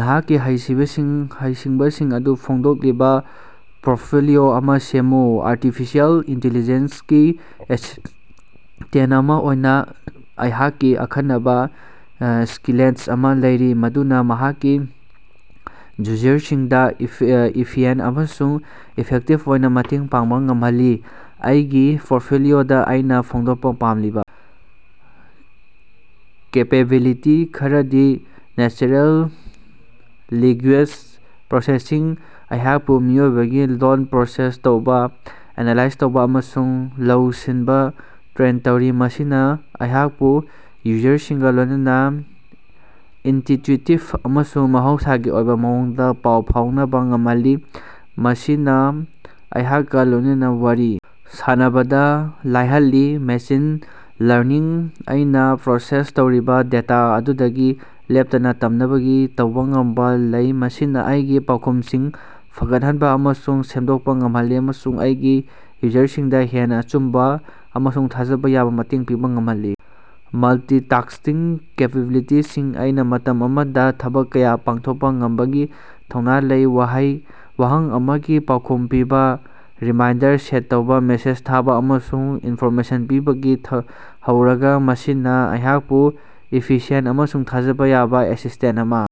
ꯅꯍꯥꯛꯀꯤ ꯍꯩꯁꯤꯡꯕꯁꯤꯡ ꯍꯩꯁꯤꯡꯕꯁꯤꯡ ꯑꯗꯨ ꯐꯣꯡꯗꯣꯛꯂꯤꯕ ꯄꯣꯔ꯭ꯠꯐꯣꯂꯤꯑꯣ ꯑꯃ ꯁꯦꯝꯃꯨ꯫ ꯑꯔꯇꯤꯐꯤꯁꯤꯑꯦꯜ ꯏꯟꯇꯦꯂꯤꯖꯦꯟꯁ ꯒꯤ ꯑꯦꯁꯤꯁꯇꯦꯟꯇ ꯑꯃ ꯑꯣꯏꯅ ꯑꯩꯍꯥꯛꯀꯤ ꯑꯈꯟꯅꯕ ꯁ꯭ꯀꯤꯜꯁꯦꯠ ꯑꯃ ꯂꯩꯔꯤ ꯃꯗꯨꯅ ꯑꯩꯍꯥꯛꯀꯤ ꯌꯨꯖꯔꯁꯤꯡꯗ ꯏꯐꯤꯌꯦꯟ ꯏꯐꯤꯌꯦꯟ ꯑꯃꯁꯨꯡ ꯏꯐꯦꯛꯇꯤꯕ ꯑꯣꯏꯅ ꯃꯇꯦꯡ ꯄꯥꯡꯕ ꯉꯃꯍꯜꯂꯤ꯫ ꯑꯩꯒꯤ ꯄꯣꯔ꯭ꯠꯐꯣꯂꯤꯑꯣꯗ ꯑꯩꯅ ꯐꯣꯡꯗꯣꯛꯄ ꯄꯥꯝꯂꯤꯕ ꯀꯦꯄꯦꯕꯤꯂꯤꯇꯤ ꯈꯔꯗꯤ ꯅꯦꯆꯔꯦꯜ ꯂꯦꯒꯨꯋꯦꯁ ꯄ꯭ꯔꯣꯁꯦꯁꯤꯡ - ꯑꯩꯍꯥꯛꯄꯨ ꯃꯤꯑꯣꯏꯕꯒꯤ ꯂꯣꯜ ꯄ꯭ꯔꯣꯁꯦꯁ ꯇꯧꯕ, ꯑꯦꯅꯥꯂꯥꯏꯖ ꯇꯧꯕ ꯑꯃꯁꯨꯡ ꯂꯧꯁꯤꯟꯕ ꯇ꯭ꯔꯦꯟ ꯇꯧꯔꯤ꯫ ꯃꯁꯤꯅ ꯑꯩꯍꯥꯛꯄꯨ ꯌꯨꯖꯔꯁꯤꯡꯒ ꯂꯣꯏꯅꯅ ꯏꯟꯇ꯭ꯌꯨꯇꯤꯇꯤꯞ ꯑꯃꯁꯨꯡ ꯃꯍꯧꯁꯥꯒꯤ ꯑꯣꯏꯕ ꯃꯑꯣꯡꯗ ꯄꯥꯎ ꯐꯥꯎꯅꯕ ꯉꯝꯍꯜꯂꯤ, ꯃꯁꯤꯅ ꯑꯩꯍꯥꯛꯀ ꯂꯣꯏꯅꯅ ꯋꯥꯔꯤ ꯁꯥꯟꯅꯕꯗ ꯂꯥꯏꯍꯜꯂꯤ꯫ ꯃꯦꯁꯤꯟ ꯂꯔꯅꯤꯡ - ꯑꯩꯅ ꯄ꯭ꯔꯣꯁꯦꯁ ꯇꯧꯔꯤꯕ ꯗꯦꯇꯥ ꯑꯗꯨꯗꯒꯤ ꯂꯦꯞꯇꯅ ꯇꯝꯅꯕꯒꯤ ꯇꯧꯕ ꯉꯝꯕ ꯂꯩ꯫ ꯃꯁꯤꯅ ꯑꯩꯒꯤ ꯄꯥꯎꯈꯨꯝꯁꯤꯡ ꯐꯒꯠꯍꯟꯕ ꯑꯃꯁꯨꯡ ꯁꯦꯝꯗꯣꯛꯄ ꯉꯝꯍꯜꯂꯤ ꯑꯃꯁꯨꯡ ꯑꯩꯒꯤ ꯌꯨꯖꯔꯁꯤꯡꯗ ꯍꯦꯟꯅ ꯑꯆꯨꯝꯕ ꯑꯃꯁꯨꯡ ꯊꯥꯖꯕ ꯌꯥꯕ ꯃꯇꯦꯡ ꯄꯤꯕ ꯉꯝꯍꯜꯂꯤ꯫ ꯃꯜꯇꯤꯇꯥꯁꯇꯤꯡ ꯀꯦꯄꯦꯕꯤꯂꯤꯇꯤꯁꯤꯡ - ꯑꯩꯅ ꯃꯇꯝ ꯑꯃꯗ ꯊꯕꯛ ꯀꯥꯌ ꯄꯥꯡꯊꯣꯛꯄ ꯉꯝꯕꯒꯤ ꯊꯧꯅ ꯂꯩ ꯋꯥꯍꯩ ꯋꯥꯍꯪ ꯑꯃꯒꯤ ꯄꯥꯎꯈꯨꯝ ꯄꯤꯕ, ꯔꯤꯃꯥꯏꯟꯗꯔ ꯁꯦꯠ ꯇꯧꯕ, ꯃꯦꯁꯦꯖ ꯊꯥꯕ, ꯑꯃꯁꯨꯡ ꯏꯟꯐꯣꯔꯃꯦꯁꯟ ꯄꯤꯕꯗꯒꯤ ꯍꯧꯔꯒ꯫ ꯃꯁꯤꯅ ꯑꯩꯍꯥꯛꯄꯨ ꯏꯐꯤꯁꯤꯌꯦꯟꯇ ꯑꯃꯁꯨꯡ ꯊꯥꯖꯕ ꯌꯥꯕ ꯑꯦꯁꯤꯁꯇꯦꯟꯇ ꯑꯃ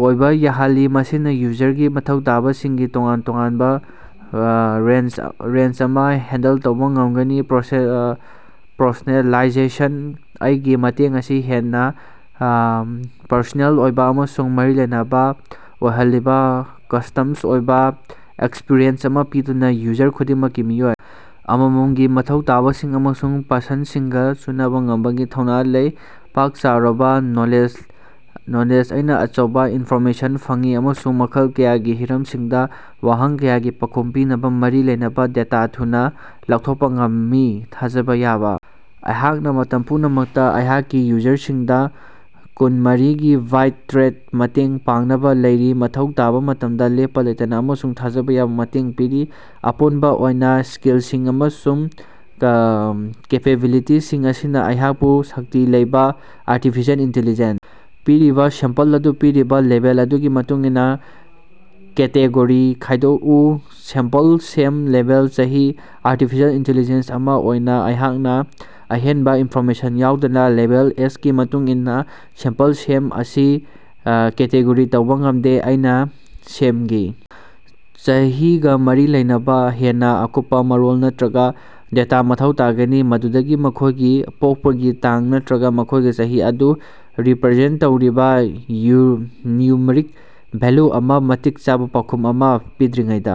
ꯑꯣꯏꯕ ꯌꯥꯍꯜꯂꯤ, ꯃꯁꯤꯅ ꯌꯨꯖꯔꯒꯤ ꯃꯊꯧ ꯇꯥꯕꯁꯤꯡꯒꯤ ꯇꯣꯉꯥꯟ ꯇꯣꯉꯥꯟꯕ ꯔꯦꯟꯖ ꯑꯃ ꯍꯦꯟꯗꯜ ꯇꯧꯕ ꯉꯝꯒꯅꯤ꯫ ꯄ꯭ꯔꯣꯁꯦꯁ ꯑꯥ ꯄꯔꯁꯣꯅꯦꯂꯥꯏꯖꯦꯁꯟ - ꯑꯩꯒꯤ ꯃꯇꯦꯡ ꯑꯁꯤ ꯍꯦꯟꯅ ꯄꯔꯁꯣꯅꯦꯜ ꯑꯣꯏꯕ ꯑꯃꯁꯨꯡ ꯃꯔꯤ ꯂꯩꯅꯕ ꯑꯣꯏꯍꯜꯂꯤꯕ ꯀꯁ꯭ꯇꯝꯁ ꯑꯣꯏꯕ ꯑꯦꯛꯁꯄ꯭ꯔꯤꯌꯦꯟꯁ ꯑꯃ ꯄꯤꯗꯨꯅ ꯌꯨꯖꯔ ꯈꯨꯗꯤꯡꯃꯛꯀꯤ ꯃꯤꯑꯣꯏ ꯑꯃꯃꯝꯒꯤ ꯃꯊꯧ ꯇꯥꯕꯁꯤꯡ ꯑꯃꯁꯨꯡ ꯄꯁꯟ꯭ꯗꯁꯤꯡꯒ ꯆꯨꯅꯕ ꯉꯝꯕꯒꯤ ꯊꯧꯅ ꯂꯩ꯫ ꯄꯥꯛ ꯆꯥꯎꯔꯕ ꯅꯣꯂꯦꯖ ꯅꯣꯂꯦꯖ - ꯑꯩꯅ ꯑꯆꯧꯕ ꯏꯟꯐꯣꯔꯃꯦꯁꯟ ꯐꯪꯏ ꯑꯃꯁꯨꯡ ꯃꯈꯜ ꯀꯌꯥꯒꯤ ꯍꯤꯔꯝꯁꯤꯡꯗ ꯋꯥꯍꯪ ꯀꯌꯥꯒꯤ ꯄꯥꯎꯈꯨꯝ ꯄꯤꯅꯕ ꯃꯔꯤ ꯂꯩꯅꯕ ꯗꯦꯇꯥ ꯊꯨꯅ ꯂꯧꯊꯣꯛꯄ ꯉꯝꯃꯤ꯫ ꯊꯥꯖꯕ ꯌꯥꯕ - ꯑꯩꯍꯥꯛꯅ ꯃꯇꯝ ꯄꯨꯝꯅꯃꯛꯇ ꯑꯩꯍꯥꯛꯀꯤ ꯌꯨꯖꯔꯁꯤꯡꯗ ꯀꯨꯟꯃꯔꯤꯒꯤ ꯕꯥꯏ ꯇꯔꯦꯠ ꯃꯇꯦꯡ ꯄꯥꯡꯅꯕ ꯂꯩꯔꯤ, ꯃꯊꯧ ꯇꯥꯕ ꯃꯇꯝꯗ ꯂꯦꯞꯄ ꯂꯩꯇꯅ ꯑꯃꯁꯨꯡ ꯊꯥꯖꯕ ꯌꯥꯕ ꯃꯇꯦꯡ ꯄꯤꯔꯤ꯫ ꯑꯄꯨꯟꯕ ꯑꯣꯏꯅ, ꯁ꯭ꯀꯤꯜꯁꯤꯡ ꯑꯃꯁꯨꯡ ꯀꯦꯄꯦꯕꯤꯂꯤꯇꯤꯁꯤꯡ ꯑꯁꯤꯅ ꯑꯩꯍꯥꯛꯄꯨ ꯁꯛꯇꯤ ꯂꯩꯕ ꯑꯔꯇꯤꯐꯤꯁꯤꯌꯦꯜ ꯏꯟꯇꯦꯂꯤꯖꯦꯟꯁ ꯄꯤꯔꯤꯕ ꯁꯦꯝꯄꯜ ꯑꯗꯨ ꯄꯤꯔꯤꯕ ꯂꯦꯕꯦꯜ ꯑꯗꯨꯒꯤ ꯃꯇꯨꯡꯏꯟꯅ ꯀꯦꯇꯦꯒꯣꯔꯤ ꯈꯥꯏꯗꯣꯛꯎ꯫ ꯁꯦꯝꯄꯜ ꯁꯦꯝ ꯂꯦꯕꯦꯜ ꯆꯍꯤ ꯑꯔꯇꯤꯐꯤꯁꯤꯌꯦꯜ ꯏꯟꯇꯦꯂꯤꯖꯦꯟꯁ ꯑꯃ ꯑꯣꯏꯅ ꯑꯩꯍꯥꯛꯅ ꯑꯍꯦꯟꯕ ꯏꯟꯐꯣꯔꯃꯦꯁꯟ ꯌꯥꯎꯗꯅ ꯂꯦꯕꯦꯜ ꯑꯦꯖꯒꯤ ꯃꯇꯨꯡ ꯏꯟꯅ ꯁꯦꯝꯄꯜ ꯁꯦꯝ ꯑꯁꯤ ꯀꯦꯇꯦꯒꯣꯔꯤ ꯇꯧꯕ ꯉꯝꯗꯦ꯫ ꯑꯩꯅ ꯁꯦꯝꯒꯤ ꯆꯍꯤꯒ ꯃꯔꯤ ꯂꯩꯅꯕ ꯍꯦꯟꯅ ꯑꯀꯨꯞꯄ ꯃꯔꯣꯜ ꯅꯠꯇꯔꯒ ꯗꯦꯇꯥ ꯃꯊꯧ ꯇꯥꯒꯅꯤ, ꯃꯗꯨꯗꯤ ꯃꯈꯣꯏꯒꯤ ꯄꯣꯛꯄꯒꯤ ꯇꯥꯡ ꯅꯠꯇꯔꯒ ꯃꯈꯣꯏꯒꯤ ꯆꯍꯤ ꯑꯗꯨ ꯔꯤꯄꯔꯖꯦꯟꯇ ꯇꯧꯔꯤꯕ ꯅ꯭ꯌꯨꯃꯔꯤꯛ ꯚꯦꯂ꯭ꯌꯨ ꯑꯃ ꯃꯇꯤꯛ ꯆꯥꯕ ꯄꯥꯎꯈꯨꯝ ꯑꯃ ꯄꯤꯗ꯭ꯔꯤꯉꯩꯗ꯫